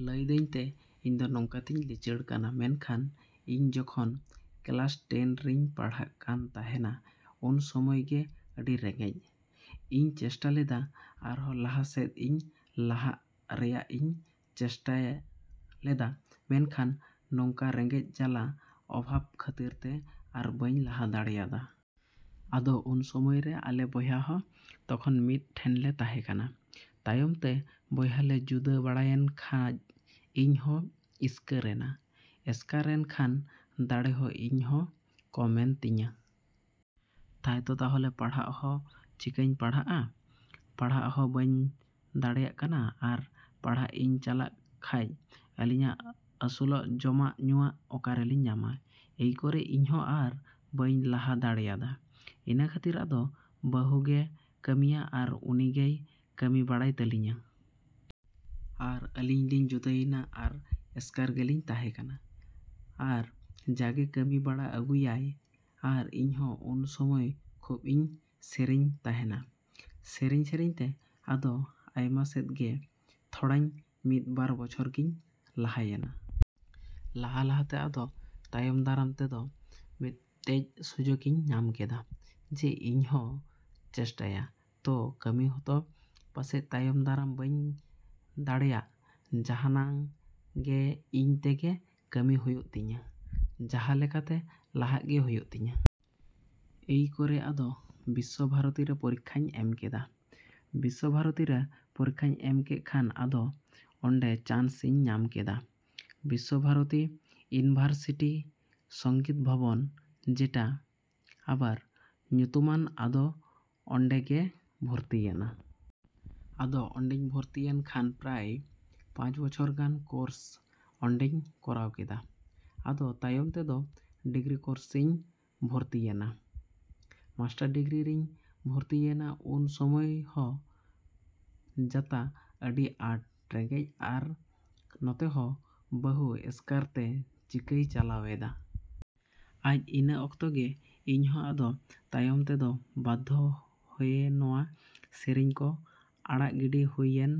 ᱞᱟᱹᱭ ᱫᱟᱹᱧ ᱛᱮ ᱤᱧ ᱫᱚ ᱱᱚᱝᱠᱟ ᱛᱤᱧ ᱞᱤᱪᱟᱹᱲ ᱠᱟᱱᱟ ᱢᱮᱱᱠᱷᱟᱱ ᱤᱧ ᱡᱚᱠᱷᱚᱱ ᱠᱮᱞᱟᱥ ᱴᱮᱱ ᱨᱤᱧ ᱯᱟᱲᱦᱟᱜ ᱠᱟᱱ ᱛᱟᱸᱦᱮᱱᱟ ᱩᱱ ᱥᱚᱢᱚᱭ ᱜᱮ ᱟᱹᱰᱤ ᱨᱮᱸᱜᱮᱪ ᱾ ᱤᱧ ᱪᱮᱥᱴᱟ ᱞᱮᱫᱟ ᱟᱨᱦᱚᱸ ᱞᱟᱦᱟ ᱥᱮᱫ ᱤᱧ ᱞᱟᱦᱟᱜ ᱨᱮᱭᱟᱜ ᱤᱧ ᱪᱮᱥᱴᱟ ᱞᱮᱫᱟ ᱢᱮᱱᱠᱷᱟᱱ ᱱᱚᱝᱠᱟ ᱨᱮᱸᱜᱮᱪ ᱡᱟᱞᱟ ᱚᱵᱷᱟᱵ ᱠᱷᱟᱹᱛᱤᱨ ᱛᱮ ᱟᱨ ᱵᱟᱹᱧ ᱞᱟᱦᱟ ᱫᱟᱲᱮᱭᱟᱫᱟ ᱾ ᱟᱫᱚ ᱩᱱ ᱥᱚᱢᱚᱭ ᱨᱮ ᱟᱞᱮ ᱵᱚᱭᱦᱟ ᱦᱚᱸ ᱛᱚᱠᱷᱚᱱ ᱢᱤᱫ ᱴᱷᱮᱡ ᱞᱮ ᱛᱟᱸᱦᱮ ᱠᱟᱱᱟ ᱛᱟᱭᱚᱢ ᱛᱮ ᱵᱚᱭᱦᱟ ᱞᱮ ᱡᱩᱫᱟᱹ ᱵᱟᱲᱟᱭᱮᱱ ᱠᱷᱟᱡ ᱤᱧ ᱦᱚᱸ ᱤᱥᱠᱟᱨ ᱮᱱᱟ ᱾ ᱮᱥᱠᱟᱨ ᱮᱱ ᱠᱷᱟᱱ ᱫᱟᱲᱮ ᱦᱚᱸ ᱤᱧ ᱦᱚᱸ ᱠᱚᱢ ᱮᱱ ᱛᱤᱧᱟ ᱾ ᱛᱟᱭᱛᱚ ᱛᱟᱦᱞᱮ ᱯᱟᱲᱦᱟᱜ ᱦᱚᱸ ᱪᱤᱠᱟᱹᱧ ᱯᱟᱲᱦᱟᱜᱼᱟ ᱾ ᱯᱟᱲᱦᱟᱜ ᱦᱚᱸ ᱵᱟᱹᱧ ᱫᱟᱲᱮᱭᱟᱜ ᱠᱟᱱᱟ ᱟᱨ ᱯᱟᱲᱦᱟᱜ ᱤᱧ ᱪᱟᱞᱟᱜ ᱠᱷᱟᱡ ᱟᱹᱞᱤᱧᱟᱜ ᱟᱹᱥᱩᱞᱚᱜ ᱡᱚᱢᱟᱜ ᱧᱩᱣᱟᱜ ᱚᱠᱟᱨᱮᱞᱤᱧ ᱧᱟᱢᱟ ᱾ ᱮᱭ ᱠᱚᱨᱮ ᱤᱧᱦᱚᱸ ᱟᱨ ᱵᱟᱹᱧ ᱞᱟᱦᱟ ᱫᱟᱲᱮᱭᱟᱫᱟ ᱾ ᱤᱱᱟᱹ ᱠᱷᱟᱹᱛᱤᱨ ᱟᱫᱚ ᱵᱟᱹᱦᱩ ᱜᱮ ᱠᱟᱹᱢᱤᱭᱟ ᱟᱨ ᱩᱱᱤ ᱜᱮᱭ ᱠᱟᱹᱢᱤ ᱵᱟᱲᱟᱭ ᱛᱟᱹᱞᱤᱧᱟ ᱾ ᱟᱨ ᱟᱹᱞᱤᱧ ᱞᱤᱧ ᱡᱩᱫᱟᱹᱭᱮᱱᱟ ᱟᱨ ᱮᱥᱠᱟᱨ ᱜᱮᱞᱤᱧ ᱛᱟᱸᱦᱮ ᱠᱟᱱᱟ ᱟᱨ ᱡᱟᱜᱮ ᱠᱟᱹᱢᱤ ᱵᱟᱲᱟ ᱟᱹᱜᱩᱭᱟᱭ ᱟᱨ ᱤᱧᱦᱚᱸ ᱩᱱ ᱥᱚᱢᱚᱭ ᱠᱷᱩᱵ ᱤᱧ ᱥᱮᱨᱮᱧᱮᱜ ᱛᱟᱸᱦᱮᱱᱟ ᱾ ᱥᱮᱨᱮᱧ ᱥᱮᱨᱮᱧ ᱛᱮ ᱟᱫᱚ ᱟᱭᱢᱟ ᱥᱮᱫ ᱜᱮ ᱛᱷᱚᱲᱟᱧ ᱢᱤᱫ ᱵᱟᱨ ᱵᱚᱪᱷᱚᱨ ᱜᱤᱧ ᱞᱟᱦᱟᱭᱮᱱᱟ ᱾ ᱞᱟᱦᱟ ᱞᱟᱦᱟ ᱛᱮ ᱟᱫᱚ ᱛᱟᱭᱚᱢ ᱫᱟᱨᱟᱢ ᱛᱮᱫᱚ ᱢᱤᱫᱴᱮᱡ ᱥᱩᱡᱩᱜ ᱤᱧ ᱧᱟᱢ ᱠᱮᱫᱟ ᱡᱮ ᱤᱧ ᱦᱚᱧ ᱪᱮᱥᱴᱟᱭᱟ ᱛᱚ ᱠᱟᱹᱢᱤ ᱦᱚᱛᱚ ᱯᱟᱥᱮᱡ ᱛᱟᱭᱚᱢ ᱫᱟᱨᱟᱢ ᱵᱟᱹᱧ ᱫᱟᱲᱮᱭᱟᱜ ᱡᱟᱸᱦᱟᱱᱟᱝ ᱜᱮ ᱤᱧ ᱛᱮᱜᱮ ᱠᱟᱹᱢᱤ ᱦᱩᱭᱩᱜ ᱛᱤᱧᱟ ᱡᱟᱸᱦᱟ ᱞᱮᱠᱟᱛᱮ ᱞᱟᱦᱟᱜ ᱜᱮ ᱦᱩᱭᱩᱜ ᱛᱤᱧᱟ ᱾ ᱮᱭ ᱠᱚᱨᱮ ᱟᱫᱚ ᱵᱤᱥᱥᱚ ᱵᱷᱟᱨᱚᱛᱤ ᱨᱮ ᱯᱚᱨᱤᱠᱷᱟᱧ ᱮᱢ ᱠᱮᱫᱟ ᱾ ᱵᱤᱥᱥᱚ ᱵᱷᱟᱨᱚᱛᱤ ᱨᱮ ᱯᱚᱨᱤᱠᱷᱟᱧ ᱮᱢ ᱠᱮᱜ ᱠᱷᱟᱱ ᱟᱫᱚ ᱚᱱᱰᱮ ᱪᱟᱱᱥ ᱤᱧ ᱧᱟᱢ ᱠᱟᱫᱟ ᱾ ᱵᱤᱥᱥᱚ ᱵᱷᱟᱨᱚᱛᱤ ᱤᱱᱵᱷᱟᱨᱥᱤᱴᱤ ᱥᱚᱝᱜᱤᱛ ᱵᱷᱚᱵᱚᱱ ᱡᱮᱴᱟ ᱟᱵᱟᱨ ᱧᱩᱛᱩᱢᱟᱱ ᱟᱫᱚ ᱚᱱᱰᱮ ᱜᱮ ᱵᱷᱚᱛᱤ ᱮᱱᱟ ᱾ ᱟᱫᱚ ᱚᱱᱰᱮᱧ ᱵᱷᱚᱛᱤᱭᱮᱱ ᱠᱷᱟᱱ ᱯᱨᱟᱭ ᱯᱟᱸᱪ ᱵᱚᱪᱷᱚᱨ ᱜᱟᱱ ᱠᱳᱨᱥ ᱚᱱᱰᱮᱧ ᱠᱚᱨᱟᱣ ᱠᱮᱫᱟ ᱾ ᱟᱫᱚ ᱛᱟᱭᱚᱢ ᱛᱮᱫᱚ ᱰᱤᱜᱽᱨᱤ ᱠᱳᱨᱥ ᱤᱧ ᱵᱷᱚᱨᱛᱤᱭᱮᱱᱟ ᱾ ᱢᱟᱥᱴᱟᱨ ᱰᱤᱜᱽᱨᱤ ᱨᱤᱧ ᱵᱷᱚᱨᱛᱤᱭᱮᱱᱟ ᱩᱱ ᱥᱚᱢᱚᱭ ᱦᱚᱸ ᱡᱟᱛᱟ ᱟᱹᱰᱤ ᱟᱸᱴ ᱨᱮᱸᱜᱮᱪ ᱟᱨ ᱱᱚᱛᱮ ᱦᱚᱸ ᱵᱟᱹᱦᱩ ᱮᱥᱠᱟᱨ ᱛᱮ ᱪᱤᱠᱟᱭ ᱪᱟᱞᱟᱣ ᱫᱟ ᱾ ᱟᱡ ᱤᱱᱟᱹ ᱚᱠᱛᱚ ᱜᱮ ᱤᱧ ᱦᱚᱸ ᱟᱫᱚ ᱛᱟᱭᱚᱢ ᱛᱮᱫᱚ ᱵᱟᱫᱽᱫᱷᱚ ᱦᱚᱭᱮ ᱱᱚᱣᱟ ᱥᱮᱨᱮᱧ ᱠᱚ ᱟᱲᱟᱜ ᱜᱤᱰᱤ ᱦᱩᱭ ᱮᱱ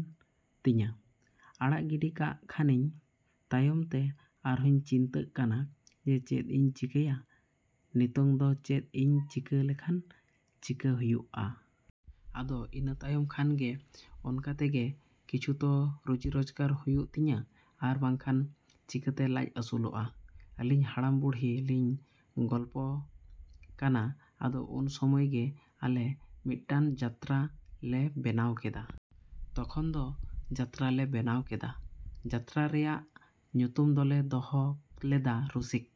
ᱛᱤᱧᱟ ᱾ ᱟᱲᱟᱜ ᱜᱤᱰᱤ ᱠᱟᱜ ᱠᱷᱟᱱᱤᱧ ᱛᱟᱭᱚᱢ ᱛᱮ ᱟᱨᱦᱚᱧ ᱪᱤᱱᱛᱟᱹᱜ ᱠᱟᱱᱟ ᱪᱮᱫ ᱤᱧ ᱪᱤᱠᱟᱭᱟ ᱱᱤᱛᱚᱝ ᱫᱚ ᱪᱮᱫ ᱤᱧ ᱪᱤᱠᱟ ᱞᱮᱠᱷᱟᱡ ᱪᱤᱠᱟ ᱦᱩᱭᱩᱜᱼᱟ ᱾ ᱟᱫᱚ ᱤᱱᱟᱹ ᱛᱟᱭᱚᱢ ᱠᱷᱟᱱ ᱜᱮ ᱚᱱᱠᱟ ᱛᱮᱜᱮ ᱠᱤᱪᱷᱩ ᱛᱚ ᱨᱩᱡᱤ ᱨᱳᱡᱜᱟᱨ ᱦᱩᱭᱩᱜ ᱛᱤᱧᱟ ᱟᱨ ᱵᱟᱝᱠᱷᱟᱱ ᱪᱤᱠᱟᱛᱮ ᱞᱟᱡ ᱟᱹᱥᱩᱞᱚᱜᱼᱟ ᱾ ᱟᱹᱞᱤᱧ ᱦᱟᱲᱟᱢ ᱵᱩᱲᱦᱤ ᱞᱤᱧ ᱜᱚᱞᱯᱷᱚ ᱠᱟᱱᱟ ᱟᱫᱚ ᱩᱱ ᱥᱚᱢᱚᱭ ᱜᱮ ᱟᱞᱮ ᱢᱤᱫᱴᱟᱱ ᱡᱟᱛᱨᱟ ᱞᱮ ᱵᱮᱱᱟᱣ ᱠᱮᱫᱟ ᱾ ᱛᱚᱠᱷᱚᱱ ᱫᱚ ᱡᱟᱛᱨᱟ ᱞᱮ ᱵᱮᱱᱟᱣ ᱠᱮᱫᱟ ᱾ ᱡᱟᱛᱨᱟ ᱨᱮᱭᱟᱜ ᱧᱩᱛᱩᱢ ᱫᱚᱞᱮ ᱫᱚᱦᱚ ᱞᱮᱫᱟ ᱨᱩᱥᱤᱠ